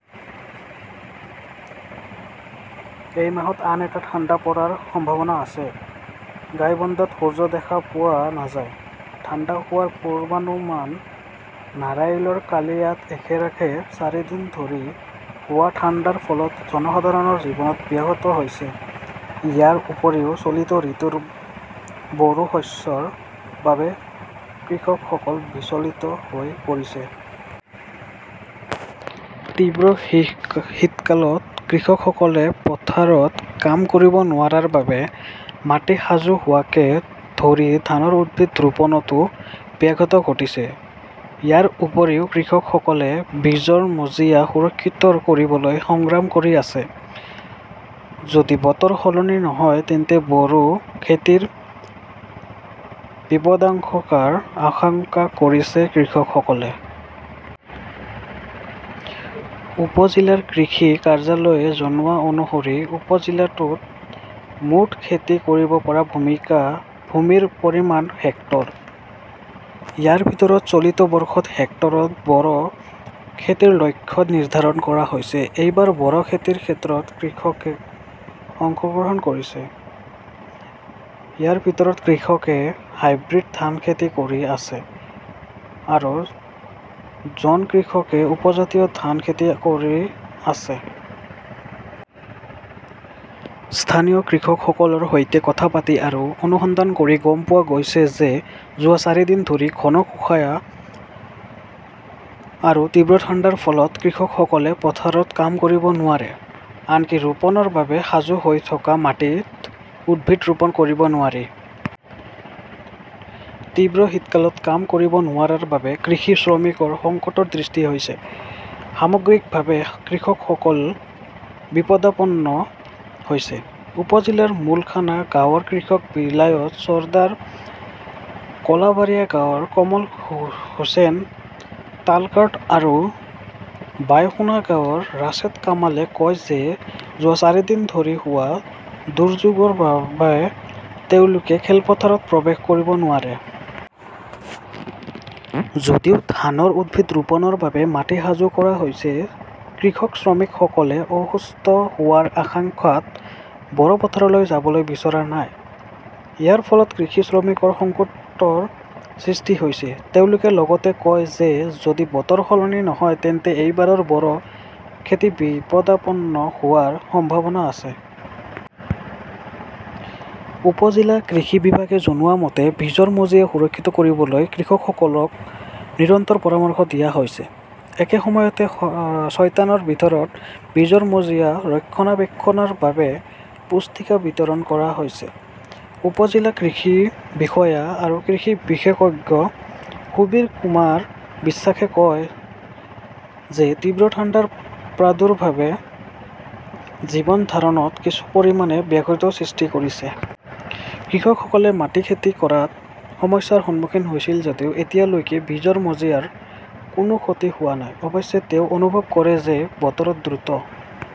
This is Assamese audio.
এই মাহত আন এটা ঠাণ্ডা পৰাৰ সম্ভাৱনা আছে। গাইবন্দাত সূৰ্য দেখা পোৱা নাযায়, ঠাণ্ডা হোৱাৰ পূৰ্বানুমান নাৰাইলৰ কালিয়াত একেৰাহে চাৰিদিন ধৰি হোৱা ঠাণ্ডাৰ ফলত জনসাধাৰণৰ জীৱন ব্যাহত হৈছে। ইয়াৰ উপৰিও, চলিত ঋতুৰ বৰো শস্যৰ বাবে কৃষকসকল বিচলিত হৈ পৰিছে। তীব্ৰ শীতকালত কৃষকসকলে পথাৰত কাম কৰিব নোৱাৰাৰ বাবে মাটি সাজু হোৱাকে ধৰি ধানৰ উদ্ভিদ ৰোপণতো ব্যাঘাত ঘটিছে। ইয়াৰ উপৰিও, কৃষকসকলে বীজৰ মজিয়া সুৰক্ষিত কৰিবলৈ সংগ্ৰাম কৰি আছে। যদি বতৰ সলনি নহয় তেন্তে বৰো খেতিৰ বিপদাশংকাৰ আশংকা কৰিছে কৃষকসকলে। উপ-জিলাৰ কৃষি কাৰ্যালয়ে জনোৱা অনুসৰি উপ-জিলাটোত মুঠ খেতি কৰিব পৰা ভূমিৰ পৰিমাণ হেক্টৰ। ইয়াৰ ভিতৰত চলিত বৰ্ষত হেক্টৰত বৰো খেতিৰ লক্ষ্য নিৰ্ধাৰণ কৰা হৈছে। এইবাৰ বৰো খেতিৰ ক্ষেত্ৰত কৃষকে অংশগ্ৰহণ কৰিছে। ইয়াৰ ভিতৰত কৃষকে হাইব্ৰিড ধান খেতি কৰি আছে আৰু জন কৃষকে উপজাতীয় ধান খেতি কৰি আছে। স্থানীয় কৃষকসকলৰ সৈতে কথা পাতি আৰু অনুসন্ধান কৰি গম পোৱা গৈছে যে যোৱা চাৰিদিন ধৰি ঘন কুয়াশা আৰু তীব্ৰ ঠাণ্ডাৰ ফলত কৃষকসকলে পথাৰত কাম কৰিব নোৱাৰে। আনকি ৰোপণৰ বাবে সাজু হৈ থকা মাটিত উদ্ভিদ ৰোপণ কৰিব নোৱাৰি। তীব্ৰ শীতকালত কাম কৰিব নোৱাৰাৰ বাবে কৃষি শ্ৰমিকৰ সংকটৰ সৃষ্টি হৈছে। সামগ্ৰিকভাৱে কৃষকসকল বিপদাপন্ন হৈছে। উপ-জিলাৰ মুলখানা গাঁৱৰ কৃষক বিলায়ত চৰ্দাৰ, কলাবাৰিয়া গাঁৱৰ কমল হোসেন তালকাৰ্ড আৰু বাইসোনা গাঁৱৰ ৰাশেদ কামালে কয় যে যোৱা চাৰিদিন ধৰি হোৱা দুৰ্যোগৰ বাবে তেওঁলোকে খেলপথাৰত প্ৰৱেশ কৰিব নোৱাৰে। যদিও ধানৰ উদ্ভিদ ৰোপণৰ বাবে মাটি সাজু কৰা হৈছে, কৃষক শ্ৰমিকসকলে অসুস্থ হোৱাৰ আশংকাত বৰো পথাৰলৈ যাবলৈ বিচৰা নাই। ইয়াৰ ফলত কৃষি শ্ৰমিকৰ সংকটৰ সৃষ্টি হৈছে। তেওঁলোকে লগতে কয় যে যদি বতৰ সলনি নহয় তেন্তে এইবাৰৰ বৰো খেতি বিপদাপন্ন হোৱাৰ সম্ভাৱনা আছে। উপ-জিলা কৃষি বিভাগে জনোৱা মতে, বীজৰ মজিয়া সুৰক্ষিত কৰিবলৈ কৃষকসকলক নিৰন্তৰ পৰামৰ্শ দিয়া হৈছে। একে সময়তে শয়তানৰ ভিতৰত বীজৰ মজিয়া ৰক্ষণাবেক্ষণৰ বাবে পুস্তিকা বিতৰণ কৰা হৈছে। উপ-জিলা কৃষি বিষয়া আৰু কৃষি বিশেষজ্ঞ সুবীৰ কুমাৰ বিশ্বাসে কয় যে তীব্ৰ ঠাণ্ডাৰ প্ৰাদুৰ্ভাৱে জীৱন ধাৰণত কিছু পৰিমাণে ব্যাঘাত সৃষ্টি কৰিছে। কৃষকসকলে মাটি খেতি কৰাত সমস্যাৰ সন্মুখীন হৈছিল যদিও এতিয়ালৈকে বীজৰ মজিয়াৰ কোনো ক্ষতি হোৱা নাই। অৱশ্যে, তেওঁ অনুভৱ কৰে যে বতৰত দ্ৰুত